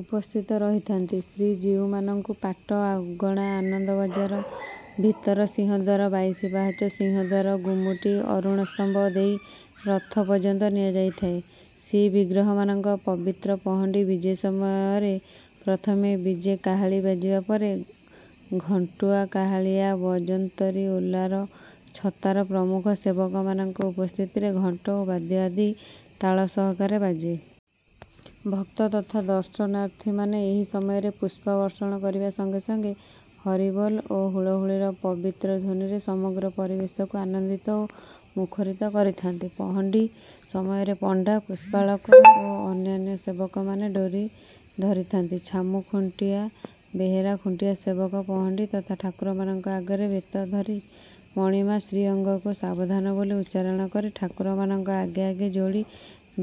ଉପସ୍ଥିତ ରହିଥାନ୍ତି। ଶ୍ରୀଜୀଉମାନଙ୍କୁ ପାଟ ଅଗଣା, ଆନନ୍ଦ ବଜାର, ଭିତର ସିଂହଦ୍ୱାର, ବାଇଶି ପାହାଚ, ସିଂହଦ୍ୱାର, ଗୁମୁଟି, ଅରୁଣସ୍ତମ୍ଭ ଦେଇ ରଥ ପର୍ଯ୍ୟନ୍ତ ନିଆଯାଇଥାଏ। ଶ୍ରୀବିଗ୍ରହମାନଙ୍କ ପବିତ୍ର ପହଣ୍ଡି ବିଜେ ସମୟରେ ପ୍ରଥମେ ବିଜେ କାହାଳୀ ବାଜିବା ପରେ ଘଣ୍ଟୁଆ, କାହାଳିଆ, ବଜନ୍ତରୀ, ଓଲାର, ଛତାର ପ୍ରମୁଖ ସେବକମାନଙ୍କ ଉପସ୍ଥିତିରେ ଘଣ୍ଟ ଓ ବାଦ୍ୟ ଆଦି ତାଳ ସହକାରେ ବାଜେ। ଭକ୍ତ ତଥା ଦର୍ଶନାର୍ଥୀମାନେ ଏହି ସମୟରେ ପୁଷ୍ପବର୍ଷଣ କରିବା ସଙ୍ଗେ ସଙ୍ଗେ ହରିବୋଲ ଓ ହୁଳହୁଳିର ପବିତ୍ର ଧ୍ୱନିରେ ସମଗ୍ର ପରିବେଶକୁ ଆନନ୍ଦିତ ଓ ମୁଖରିତ କରିଥାନ୍ତି। ପହଣ୍ଡି ସମୟରେ ପଣ୍ଡା, ପୁଷ୍ପାଳକ ଓ ଅନ୍ୟାନ୍ୟ ସେବକମାନେ ଡୋରି ଧରିଥାନ୍ତି। ଛାମୁ ଖୁଣ୍ଟିଆ, ବେହେରା ଖୁଣ୍ଟିଆ ସେବକ ପହଣ୍ଡି ତଥା ଠାକୁରମାନଙ୍କ ଆଗରେ ବେତ ଧରି ମଣିମା, ଶ୍ରୀଅଙ୍ଗକୁ ସାବଧାନ ବୋଲି ଉଚ୍ଚାରଣ କରି ଠାକୁରମାନଙ୍କ ଆଗେ ଆଗେ ଯୋଡ଼ି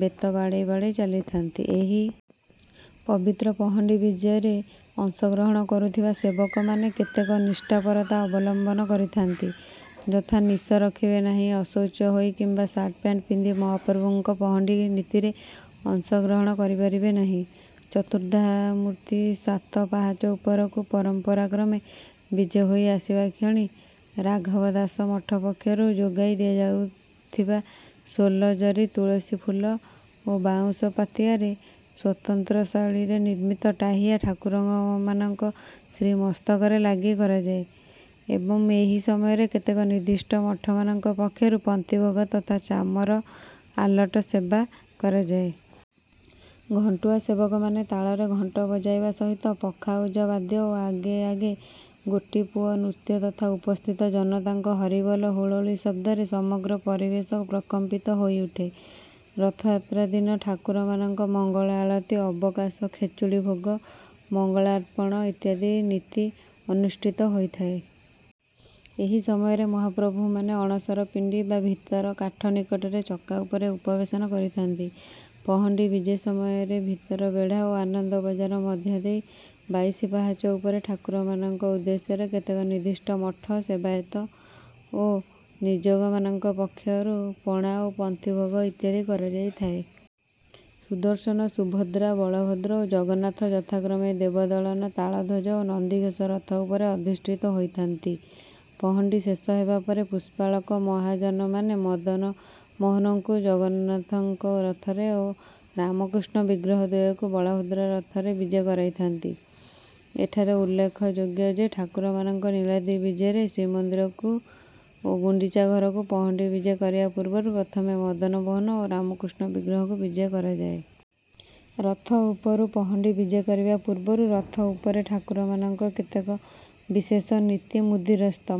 ବେତ ବାଡ଼େଇ ବାଡ଼େଇ ଚାଲିଥାନ୍ତି। ଏହି ପବିତ୍ର ପହଣ୍ଡି ବିଜେରେ ଅଂଶଗ୍ରହଣ କରୁଥିବା ସେବକମାନେ କେତେକ ନିଷ୍ଠାପରତା ଅବଲମ୍ବନ କରିଥାନ୍ତି, ଯଥା ନିଶ ରଖିବେ ନାହିଁ। ଅଶୌଚ ହୋଇ କିମ୍ବା ସାର୍ଟ-ପ୍ୟାଣ୍ଟ ପିନ୍ଧି ମହାପ୍ରଭୁଙ୍କ ପହଣ୍ଡି ନୀତିରେ ଅଂଶଗ୍ରହଣ କରିପାରିବେ ନାହିଁ। ଚତୁର୍ଦ୍ଧାମୂର୍ତ୍ତି ସାତ ପାହାଚ ଉପରକୁ ପରମ୍ପରାକ୍ରମେ ବିଜେ ହୋଇ ଆସିବା କ୍ଷଣି ରାଘବ ଦାସ ମଠ ପକ୍ଷରୁ ଯୋଗାଇ ଦିଆଯାଇଥିବା ସୋଲ, ଜରି, ତୁଳସୀ, ଫୁଲ ଓ ବାଉଁଶ ପାତିଆରେ ସ୍ୱତନ୍ତ୍ର ଶୈଳୀରେ ନିର୍ମିତ 'ଟାହିଆ' ଠାକୁରମାନଙ୍କ ଶ୍ରୀମସ୍ତକରେ ଲାଗି କରାଯାଏ ଏବଂ ଏହି ସମୟରେ କେତେକ ନିର୍ଦ୍ଦିଷ୍ଟ ମଠମାନଙ୍କ ପକ୍ଷରୁ ପନ୍ତି ଭୋଗ ତଥା ଚାମର, ଆଲଟ ସେବା କରାଯାଏ। ଘଣ୍ଟୁଆ ସେବକମାନେ ତାଳରେ ଘଣ୍ଟ ବଜାଇବା ସହିତ ପଖାଉଜ ବାଦ୍ୟ ଓ ଆଗେ ଆଗେ ଗୋଟିପୁଅ ନୃତ୍ୟ ତଥା ଉପସ୍ଥିତ ଜନତାଙ୍କ ହରିବୋଲ, ହୁଳହୁଳି ଶବ୍ଦରେ ସମଗ୍ର ପରିବେଶ ପ୍ରକମ୍ପିତ ହୋଇଉଠେ। ରଥଯାତ୍ରା ଦିନ ଠାକୁରମାନଙ୍କ ମଙ୍ଗଳ ଆଳତି, ଅବକାଶ, ଖେଚୁଡ଼ି ଭୋଗ, ମଙ୍ଗଳାର୍ପଣ ଇତ୍ୟାଦି ନୀତି ଅନୁଷ୍ଠିତ ହୋଇଥାଏ। ଏହି ସମୟରେ ମହାପ୍ରଭୁମାନେ ଅଣସର ପିଣ୍ଡି ବା ଭିତର କାଠ ନିକଟରେ ଚକା ଉପରେ ଉପବେଶନ କରିଥାନ୍ତି। ପହଣ୍ଡି ବିଜେ ସମୟରେ ଭିତର ବେଢ଼ା ଓ ଆନନ୍ଦ ବଜାର ମଧ୍ୟଦେଇ ବାଇଶି ପାହାଚ ଉପରେ ଠାକୁରମାନଙ୍କ ଉଦ୍ଦେଶ୍ୟରେ କେତେକ ନିର୍ଦ୍ଦିଷ୍ଟ ମଠ, ସେବାୟତ ଓ ନିଯୋଗମାନଙ୍କ ପକ୍ଷରୁ ପଣା ଓ ପନ୍ତି ଭୋଗ ଇତ୍ୟାଦି କରାଯାଇଥାଏ। ସୁଦର୍ଶନ, ସୁଭଦ୍ରା, ବଳଭଦ୍ର ଓ ଜଗନ୍ନାଥ ଯଥାକ୍ରମେ ଦେବଦଳନ, ତାଳଧ୍ୱଜ ଓ ନନ୍ଦିଘୋଷ ରଥ ଉପରେ ଅଧିଷ୍ଠିତ ହୋଇଥାନ୍ତି। ପହଣ୍ଡି ଶେଷ ହେବାପରେ ପୁଷ୍ପାଳକ ମହାଜନମାନେ ମଦନମୋହନଙ୍କୁ ଜଗନ୍ନାଥଙ୍କ ରଥରେ ଓ ରାମକୃଷ୍ଣ ବିଗ୍ରହଦ୍ୱୟଙ୍କୁ ବଳଭଦ୍ରଙ୍କ ରଥରେ ବିଜେ କରାଇଥାନ୍ତି। ଏଠାରେ ଉଲ୍ଲେଖଯୋଗ୍ୟ ଯେ, ଠାକୁରମାନଙ୍କ ନୀଳାଦ୍ରି ବିଜେରେ ଶ୍ରୀମନ୍ଦିରକୁ ଓ ଗୁଣ୍ଡିଚା ଘରକୁ ପହଣ୍ଡି ବିଜେ କରିବା ପୂର୍ବରୁ ପ୍ରଥମେ ମଦନମୋହନ ଓ ରାମକୃଷ୍ଣ ବିଗ୍ରହଙ୍କୁ ବିଜେ କରାଯାଏ। ରଥ ଉପରୁ ପହଣ୍ଡି ବିଜେ କରିବା ପୂର୍ବରୁ ରଥ ଉପରେ ଠାକୁରମାନଙ୍କ କେତେକ ବିଶେଷ ନୀତି ମୁଦିରସ୍ତ,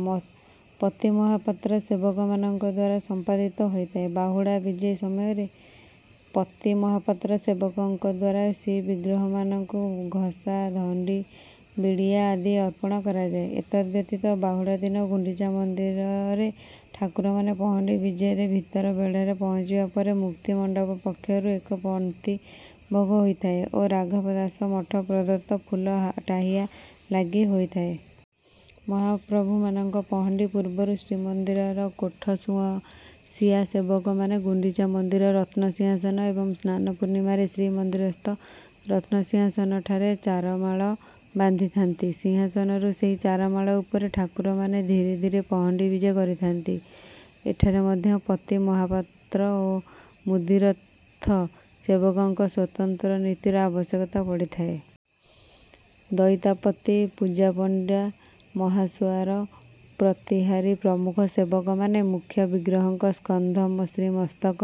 ପତିମହାପାତ୍ର ସେବକମାନଙ୍କ ଦ୍ୱାରା ସମ୍ପାଦିତ ହୋଇଥାଏ। ବାହୁଡ଼ା ବିଜେ ସମୟରେ ପତି ମହାପାତ୍ର ସେବକଙ୍କ ଦ୍ୱାରା ଶ୍ରୀବିଗ୍ରହମାନଙ୍କୁ ଘଷା, ଧଣ୍ଡି, ବିଡ଼ିଆ ଆଦି ଅର୍ପଣ କରାଯାଏ। ଏତଦ୍‌ବ୍ୟତୀତ ବାହୁଡ଼ା ଦିନ ଗୁଣ୍ଡିଚା ମନ୍ଦିରରେ ଠାକୁରମାନେ ପହଣ୍ଡି ବିଜେରେ ଭିତର ବେଢ଼ାରେ ପହଞ୍ଚିବା ପରେ ମୁକ୍ତିମଣ୍ଡପ ପକ୍ଷରୁ ଏକ ପନ୍ତି ଭୋଗ ହୋଇଥାଏ ଓ ରାଘବ ଦାସ ମଠ ପ୍ରଦତ୍ତ ଫୁଲ ଟାହିଆ ଲାଗି ହୋଇଥାଏ। ମହାପ୍ରଭୁମାନଙ୍କ ପହଣ୍ଡି ପୂର୍ବରୁ ଶ୍ରୀମନ୍ଦିରର କୋଠସୁଆଁସିଆ ସେବକମାନେ ଗୁଣ୍ଡିଚା ମନ୍ଦିର ରତ୍ନସିଂହାସନ ଏବଂ ସ୍ନାନ ପୂର୍ଣ୍ଣିମାରେ ଶ୍ରୀମନ୍ଦିରସ୍ଥ ରତ୍ନସିଂହାସନଠାରେ ଚାରମାଳ ବାନ୍ଧିଥାନ୍ତି। ସିଂହାସନରୁ ସେହି ଚାରମାଳ ଉପରେ ଠାକୁରମାନେ ଧୀରେ ଧୀରେ ପହଣ୍ଡି ବିଜେ କରିଥାନ୍ତି। ଏଠାରେ ମଧ୍ୟ ପତିମହାପାତ୍ର ଓ ମୁଦିରଥ ସେବକଙ୍କ ସ୍ୱତନ୍ତ୍ର ନୀତିର ଆବଶ୍ୟକତା ପଡ଼ିଥାଏ। ଦଇତାପତି, ପୂଜାପଣ୍ଡା, ମହାସୁଆର, ପ୍ରତିହାରୀ ପ୍ରମୁଖ ସେବକମାନେ ମୁଖ୍ୟ ବିଗ୍ରହଙ୍କ ସ୍କନ୍ଧ, ଶ୍ରୀମସ୍ତକ,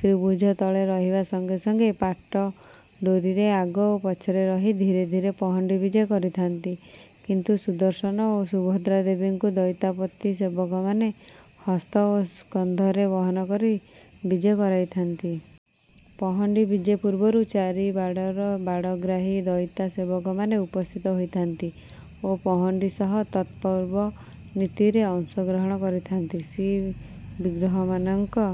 ଶ୍ରୀଭୁଜ ତଳେ ରହିବା ସଙ୍ଗେ ସଙ୍ଗେ ପାଟଡୋରିରେ ଆଗ ଓ ପଛରେ ରହି ଧୀରେ ଧୀରେ ପହଣ୍ଡି ବିଜେ କରିଥାନ୍ତି। କିନ୍ତୁ ସୁଦର୍ଶନ ଓ ସୁଭଦ୍ରା ଦେବୀଙ୍କୁ ଦଇତାପତି ସେବକମାନେ ହସ୍ତ ଓ ସ୍କନ୍ଧରେ ବହନ କରି ବିଜେ କରାଇଥାନ୍ତି। ପହଣ୍ଡି ବିଜେ ପୂର୍ବରୁ ଚାରିବାଡ଼ର ବାଡ଼ଗ୍ରାହୀ ଦଇତା ସେବକମାନେ ଉପସ୍ଥିତ ହୋଇଥାନ୍ତି ଓ ପହଣ୍ଡି ସହ ତତ୍‌ପୂର୍ବ ନୀତିରେ ଅଂଶଗ୍ରହଣ କରିଥାନ୍ତି। ଶ୍ରୀବିଗ୍ରହମାନଙ୍କ...